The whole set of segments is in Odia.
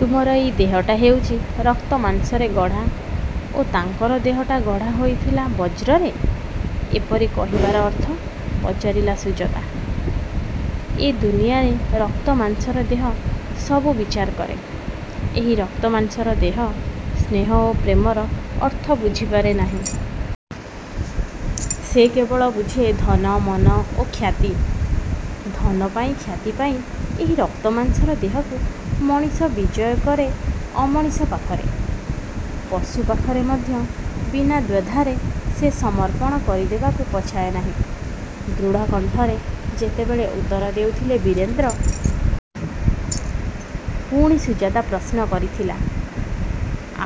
ତୁମର ଏହି ଦେହଟା ହେଉଛି ରକ୍ତମାଂସରେ ଗଢ଼ା ଓ ତାଙ୍କର ଦେହଟା ଗଢ଼ା ହୋଇଥିଲା ବଜ୍ରରେ। '' ଏପରି କହିବାର ଅର୍ଥ? ପଚାରିଲା ସୁଜାତା। ''ଏ ଦୁନିଆରେ ରକ୍ତମାଂସର ଦେହ ସବୁ ବିଚାର କରେ। ଏହି ରକ୍ତମାଂସର ଦେହ, ସ୍ନେହ ଓ ପ୍ରେମର ଅର୍ଥ ବୁଝିପାରେ ନାହିଁ। ସେ କେବଳ ବୁଝେ ଧନ, ମାନ ଓ ଖ୍ୟାତି। ଧନ ପାଇଁ, ଖ୍ୟାତି ପାଇଁ, ଏହି ରକ୍ତମାଂସର ଦେହକୁ ମଣିଷ ବିକ୍ରୟ କରେ ଅମଣିଷ ପାଖରେ। ପଶୁ ପାଖରେ ମଧ୍ୟ ବିନା ଦ୍ୱିଧାରେ ସେ ସମର୍ପଣ କରିଦେବାକୁ ପଛାଏ ନାହିଁ। '' ଦୃଢ଼କଣ୍ଠରେ ସେତେବେଳେ ଉତ୍ତର ଦେଇଥିଲେ ବୀରେନ୍ଦ୍ର। ପୁଣି ସୁଜାତା ପ୍ରଶ୍ନ କରିଥିଲା,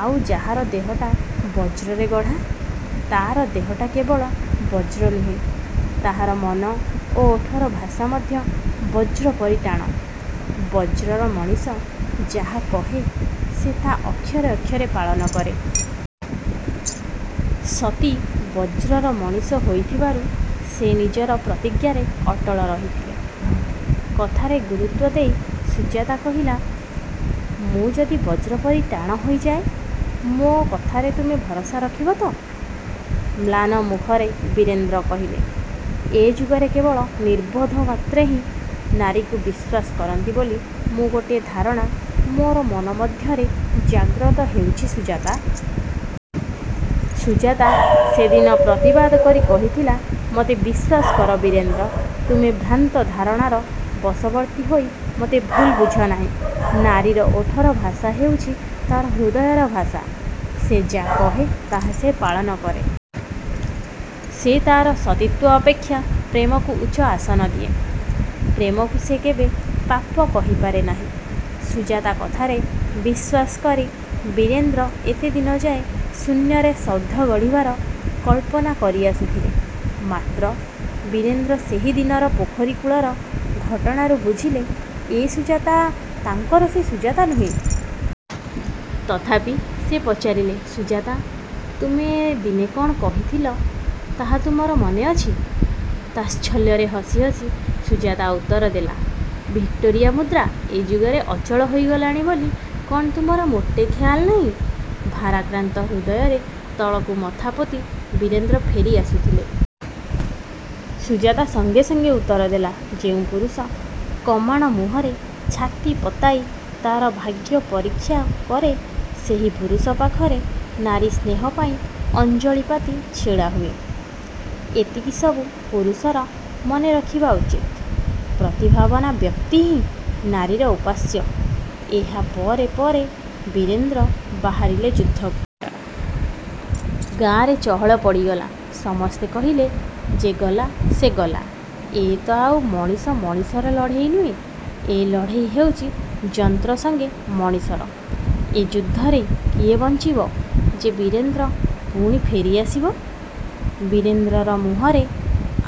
''ଆଉ ଯାହାର ଦେହଟା ବ୍ରଜରେ ଗଢ଼ା? '' ''ତାହାର ଦେହଟା କେବଳ ବଜ୍ର ନୁହେଁ, ତାହାର ମନ ଓ ଓଠର ଭାଷା ମଧ୍ୟ ବଜ୍ର ପରି ଟାଣ। ବଜ୍ରର ମଣିଷ ଯାହା କହେ, ସେ ତାହା ଅକ୍ଷରେ ଅକ୍ଷରେ ପାଳନ କରେ। ସତୀ ବଜ୍ରର ମଣିଷ ହୋଇଥିବାରୁ ସେ ନିଜର ପ୍ରତିଜ୍ଞାରେ ଅଟଳ ରହିଥିଲେ। '' କଥାରେ ଗୁରୁତ୍ୱ ଦେଇ ସୁଜାତା କହିଲା, ''ମୁଁ ଯଦି ବଜ୍ରପରି ଟାଣ ହୋଇଯାଏ, ମୋ କଥାରେ ତୁମେ ଭରସା ରଖିବ ତ? '' ମ୍ଳାନ ମୁଖରେ ବୀରେନ୍ଦ୍ର କହିଲେ, ''ଏ ଯୁଗରେ କେବଳ ନିର୍ବୋଧ ମାତ୍ରେ ହିଁ ନାରୀକୁ ବିଶ୍ୱାସ କରନ୍ତି ବୋଲି ଗୋଟିଏ ଧାରଣା ମୋର ମନ ମଧ୍ୟରେ ଜାଗ୍ରତ ହେଉଛି ସୁଜାତା। '' ସୁଜାତା ସେ ଦିନ ପ୍ରତିବାଦ କରି କହିଥିଲା, ''ମୋତେ ବିଶ୍ୱାସ କର ବୀରେନ୍ଦ୍ର! ତୁମେ ଭ୍ରାନ୍ତ ଧାରଣାର ବଶବର୍ତ୍ତୀ ହୋଇ ମୋତେ ଭୁଲ ବୁଝନାହିଁ। ନାରୀର ଓଠର ଭାଷା ହେଉଛି ତା'ର ହୃଦୟର ଭାଷା।। ସେ ଯାହା କହେ ତାହା ସେ ପାଳନ କରେ। ସେ ତା'ର ସତୀତ୍ୱ ଅପେକ୍ଷା ପ୍ରେମକୁ ଉଚ୍ଚ ଆସନ ଦିଏ। ପ୍ରେମକୁ ସେ କେବେ ପାପ କହିପାରେ ନାହିଁ। '' ସୁଜାତା କଥାରେ ବିଶ୍ୱାସ କରି ବୀରେନ୍ଦ୍ର ଏତେ ଦିନଯାଏ ଶୂନ୍ୟରେ ସୌଧ ଗଢ଼ିବାର କଳ୍ପନା କରିଆସୁଥିଲେ। ମାତ୍ର ବୀରେନ୍ଦ୍ର ସେହିଦିନର ପୋଖରୀ କୂଳର ଘଟଣାରୁ ବୁଝିଲେ ଏ ସୁଜାତା ତାଙ୍କର ସେ ସୁଜାତା ନୁହେଁ। ତଥାପି ସେ ପଚାରିଲେ ''ସୁଜାତା! ତୁମେ ଦିନେ କ'ଣ କହିଥିଲ ତାହା ତୁମର ମନେଅଛି? '' ତାଚ୍ଛଲ୍ୟର ହସି ହସି ସୁଜାତା ଉତ୍ତରଦେଲା, 'ଭିକ୍ଟୋରିଆ ମୁଦ୍ରା ଏ ଯୁଗରେ ଅଚଳ ହୋଇଗଲାଣି ବୋଲି କ'ଣ ତୁମର ମୋଟେ ଖେୟାଲ ନାହିଁ। ' ଭାରାକ୍ରାନ୍ତ ହୃଦୟରେ ତଳକୁ ମଥାପୋତି ବୀରେନ୍ଦ୍ର ଫେରିଆସୁଥିଲେ। ସୁଜାତା ସଙ୍ଗେ ସଙ୍ଗେ ଉତ୍ତରଦେଲା, ''ଯେଉଁ ପୁରୁଷ କମାଣ ମୁହଁରେ ଛାତି ପତାଇ ତା'ର ଭାଗ୍ୟ ପରୀକ୍ଷା କରେ ସେହି ପୁରୁଷ ପାଖରେ ନାରୀ ସ୍ନେହ ପାଇଁ ଅଞ୍ଜଳି ପାତି ଛିଡ଼ାହୁଏ। ଏତିକି ସବୁ ପୁରୁଷର ମନେରଖିବା ଉଚିତ। ପ୍ରତିଭାବାନ୍ ବ୍ୟକ୍ତିହିଁ ନାରୀର ଉପାସ୍ୟ। '' ଏହା ପରେ ପରେ ବୀରେନ୍ଦ୍ର ବାହାରିଲେ ଯୁଦ୍ଧକୁ। ଗାଁରେ ଚହଳ ପଡ଼ିଗଲା। ସମସ୍ତେ କହିଲେ ଯେ ଗଲା ସେ ଗଲା। ଏ ତ ଆଉ ମଣିଷ ମଣିଷର ଲଢ଼େଇ ନୁହେଁ। ଏ ଲଢ଼େଇ ହେଉଛି ଯନ୍ତ୍ର ସଙ୍ଗେ ମଣିଷର। ଏ ଯୁଦ୍ଧରେ କିଏ ବଞ୍ଚିବ ଯେ ବୀରେନ୍ଦ୍ର ପୁଣି ଫେରିଆସିବ? ବୀରେନ୍ଦ୍ରର ମୁହଁରେ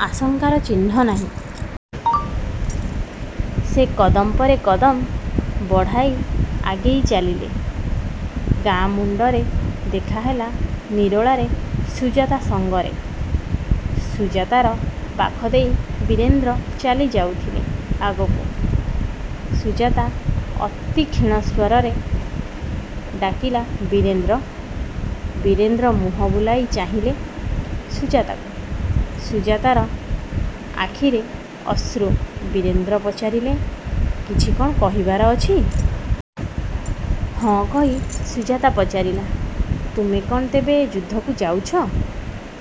ଆଶଙ୍କାର ଚିହ୍ନ ନାହିଁ। ସେ କଦମ ପରେ କଦମ ବଢ଼ାଇ ଆଗେଇ ଚାଲିଲେ। ଗାଁ ମୁଣ୍ଡରେ ଦେଖାହେଲା ନିରୋଳାରେ ସୁଜାତା ସଙ୍ଗରେ। ସୁଜାତାର ପାଖଦେଇ ବୀରେନ୍ଦ୍ର ଚାଲିଯାଉଥିଲେ ଆଗକୁ। ସୁଜାତା ଅତିକ୍ଷୀଣ ସ୍ୱରରେ ଡାକିଲା ''ବୀରେନ୍ଦ୍ର! '' ବୀରେନ୍ଦ୍ର ମୁହଁ ବୁଲାଇ ଚାହିଁଲେ ସୁଜାତାକୁ। ସୁଜାତାର ଆଖିରେ ଅଶ୍ରୁ। ବୀରେନ୍ଦ୍ର ପଚାରିଲେ, ''କିଛି କ'ଣ କହିବାର ଅଛି? '' 'ହଁ' କହି ସୁଜାତା ପଚାରିଲା, ''ତୁମେ କ'ଣ ତେବେ ଯୁଦ୍ଧକୁ ଯାଉଛ?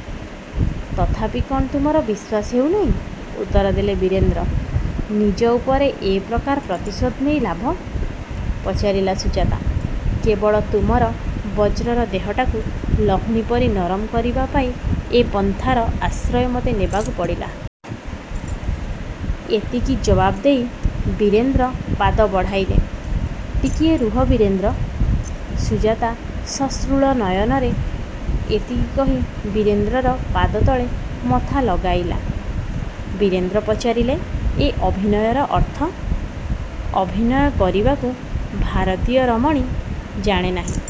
'' ''ତଥାପି କ'ଣ ତୁମର ବିଶ୍ୱାସ ହେଉନାହିଁ? '' ଉତ୍ତରଦେଲେ ବୀରେନ୍ଦ୍ର। ''ନିଜ ଉପରେ ଏ ପ୍ରକାର ପ୍ରତିଶୋଧ ନେଇ ଲାଭ? '' ପଚାରିଲା ସୁଜାତା। ''କେବଳ ତମର ବଜ୍ରର ଦେହଟାକୁ ଲହୁଣୀ ପରି ନରମ କରିବା ପାଇଁ ଏ ପନ୍ଥାର ଆଶ୍ରୟ ମୋତେ ନେବାକୁ ପଡ଼ିଲା। '' ଏତିକି ଜବାବ୍ ଦେଇ ବୀରେନ୍ଦ୍ର ପାଦ ବଢ଼ାଇଲେ। ''ଟିକିଏ ରୁହ ବୀରେନ୍ଦ୍ର! '' ସୁଜାତା ସଶ୍ରୁଳ ନୟନରେ ଏତିକି କହି ବୀରେନ୍ଦ୍ରର ପାଦତଳେ ମଥା ଲଗାଇଲା। ବୀରେନ୍ଦ୍ର ପଚାରିଲେ, ''ଏ ଅଭିନୟର ଅର୍ଥ? ଅଭିନୟ କରିବାକୁ ଭାରତୀୟ ରମଣୀ ଜାଣେନାହିଁ।